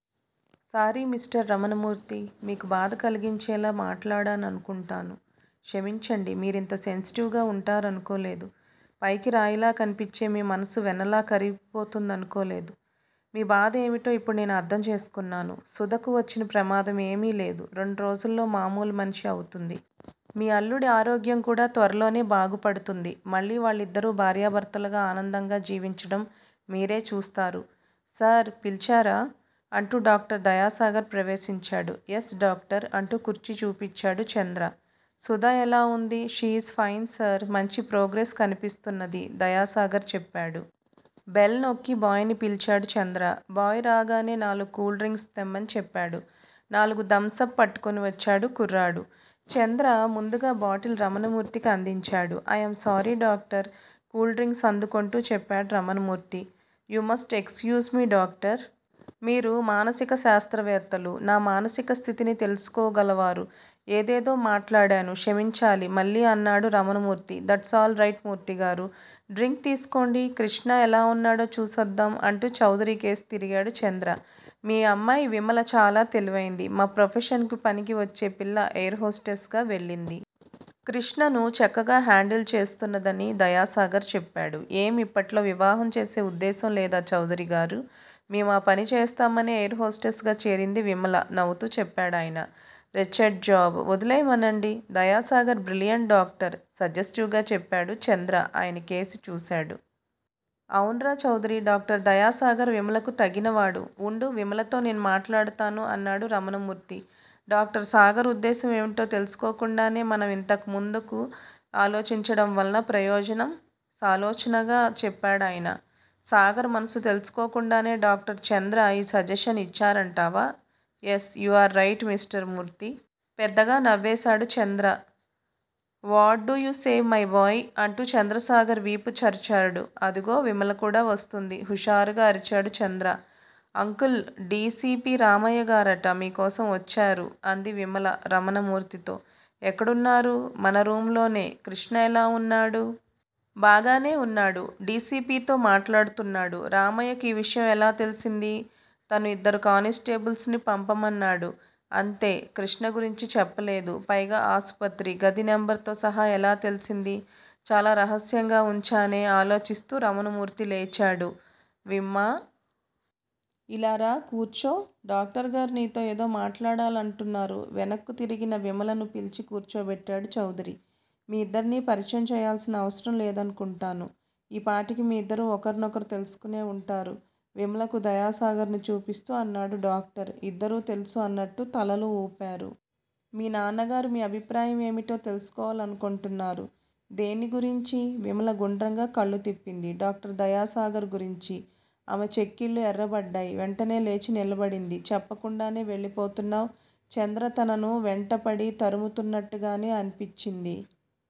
Sorry mister Ramanamurthy! మీకు బాధ కలిగించేలా మాట్లాడాననుకుంటాను. క్షమించండి. మీరింత సెన్సిటివ్ గా ఉంటారనుకోలేదు. పైకి రాయిలా కన్పించే మీ మనసు వెన్నలా కరిగిపోతుందనుకోలేదు. మీ బాధ ఏమిటో ఇప్పుడు నేను అర్ధం చేసుకొన్నాను. సుధకు వచ్చిన ప్రమాదం ఏమీ లేదు. రెండురోజుల్లో మామూలు మనిషి అవుతుంది. మీ అల్లుడి ఆరోగ్యంకూడా త్వరలోనే బాగుపడుతుంది. మళ్ళీ వాళ్ళిద్దరూ భార్యాభర్తలుగా ఆనందంగా జీవించడం మీరే చూస్తారు. సార్! పిలిచారా? అంటూ డాక్టర్ దయాసాగర్ ప్రవేశించాడు. Yes doctor! అంటూ కుర్చీ చూపించాడు చంద్ర. సుధ ఎలా ఉంది? She is fine sir! మంచి ప్రోగ్రెస్ కన్పిస్తున్నది దయాసాగర్ చెప్పాడు. బెల్ నొక్కి బాయ్ ని పిల్చాడు చంద్ర. బాయ్ రాగానే నాలుగు కూల్ డ్రింక్సు తెమ్మని చెప్పాడు. నాలుగు 'థమ్స్ అప్' పట్టుకొని వచ్చాడు కుర్రాడు. చంద్ర ముందుగా బాటిల్ రమణమూర్తికి అందించాడు. I'm sorry doctor! Cool drinks అందుకొంటూ చెప్పాడు Ramanamurthy. You must excuse me doctor! మీరు మానసుకశాస్త్రవేత్తలు. నా మానసికస్థితిని తెలుసుకోగలవారు. ఏదేదో మాట్లాడాను, క్షమించాలి మళ్ళీ అన్నాడు రమణమూర్తి దట్సాల్ రైట్ మూర్తిగారూ! డ్రింకు తీసుకోండి. కృష్ణ ఎలా ఉన్నాడో చూసొద్దాం! అంటూ చౌదరికేసి తిరిగాడు చంద్ర. మీ అమ్మాయి విమల చాలా తెలివైంది. మా ప్రొఫెషన్ కు పనికి వచ్చే పిల్ల ఎయిర్ హోస్టెస్ గా వెళ్ళింది. కృష్ణను చక్కగా హాండిల్ చేస్తున్నదని దయాసాగర్ చెప్పాడు. ఏం ఇప్పట్లో వివాహంచేసే ఉద్దేశ్యం లేదా చౌదరిగారూ? మేము ఆ పని చేస్తామనే ఎయిర్ హోస్టెస్ గా చేరింది విమల నవ్వుతూ చెప్పాడాయన. Wretched job. వదిలెయ్యమనండి. Dayasagar brilliant doctor! సజెస్టివ్ గా చెప్పాడు చంద్ర ఆయనకేసి చూశాడు. అవున్రా చౌదరీ! డాక్టర్ దయాసాగర్ విమలకు తగిలినవాడు. ఉండు విమలతో నేను మాట్లాడతాను అన్నాడు రమణమూర్తి. డాక్టర్ సాగర్ ఉద్దేశ్యం ఏమిటో తెలుసుకోకుండానే మనం ఇంతముందుకు ఆలోచించడంవలన ప్రయోజనం? సాలోచనగా చెప్పాడాయన. సాగర్ మనసు తెలుసుకోకుండానే డాక్టర్ చంద్ర ఈ సజెషన్ ఇచ్చారంటావా? Yes! You are right mister Murthy! పెద్దగా నవ్వేశాడు Chandra. What do you say my boy! అంటూ చంద్ర సాగర్ వీపు చరచాడు. అదుగో! విమలకూడా వస్తోంది హుషారుగా అరిచాడు Chandra. Uncle! D. C. P. రామయ్యగారట మీకోసం వచ్చారు అంది విమల రమణమూర్తితో. ఎక్కడున్నారూ? మన రూంలోనే! కృష్ణ ఎలా ఉన్నాడూ? బాగానే ఉన్నాడు. డి. సి. పి. తో మాట్లాడుతున్నాడు. రామయ్యకు ఈ విషయం ఎలా తెలిసింది? తను ఇద్దరు కానిస్టేబుల్స్ పంపమన్నాడు. అంతే! కృష్ణ గురించి చెప్పలేదు. పైగా ఆసుపత్రీ, గదినంబరుతో సహా ఎలా తెలిసిందీ! చాలా రహస్యంగా ఉంచానే? ఆలోచిస్తూ రమణమూర్తి లేచాడు. విమ్మా! ఇలా రా! కూర్చో! డాక్టరు గారు నీతో ఏదో మాట్లాడాలంటున్నారు వెనక్కుతిరిగిన విమలను పిల్చి కూర్చోబెట్టాడు చౌదరి. మీ ఇద్దరినీ పరిచయం చెయ్యాల్సిన అవసరం లేదనుకుంటాను. ఈపాటికి మీ ఇద్దరూ ఒకరినొకరు తెలుసుకొనే ఉంటారు విమలకు దయాసాగర్ ను చూపిస్తూ అన్నాడు డాక్టర్. ఇద్దరూ తెలుసు అన్నట్టు తలలు ఊపారు. మీ నాన్నగారు మీ అభిప్రాయం ఏమిటో తెలుసుకోవాలనుకొంటున్నారు. దేన్నిగురించీ? విమల గుండ్రంగా కళ్ళు తిప్పింది. డాక్టర్ దయాసాగర్ గురించి. ఆమె చెక్కిళ్ళు ఎర్రబడ్డాయి. వెంటనే లేచి నిలబడింది. చెప్పకుండానే వెళ్ళిపోతున్నావ్? చంద్ర తనను వెంటబడి తరుముతున్నట్టుగానే అన్పించింది.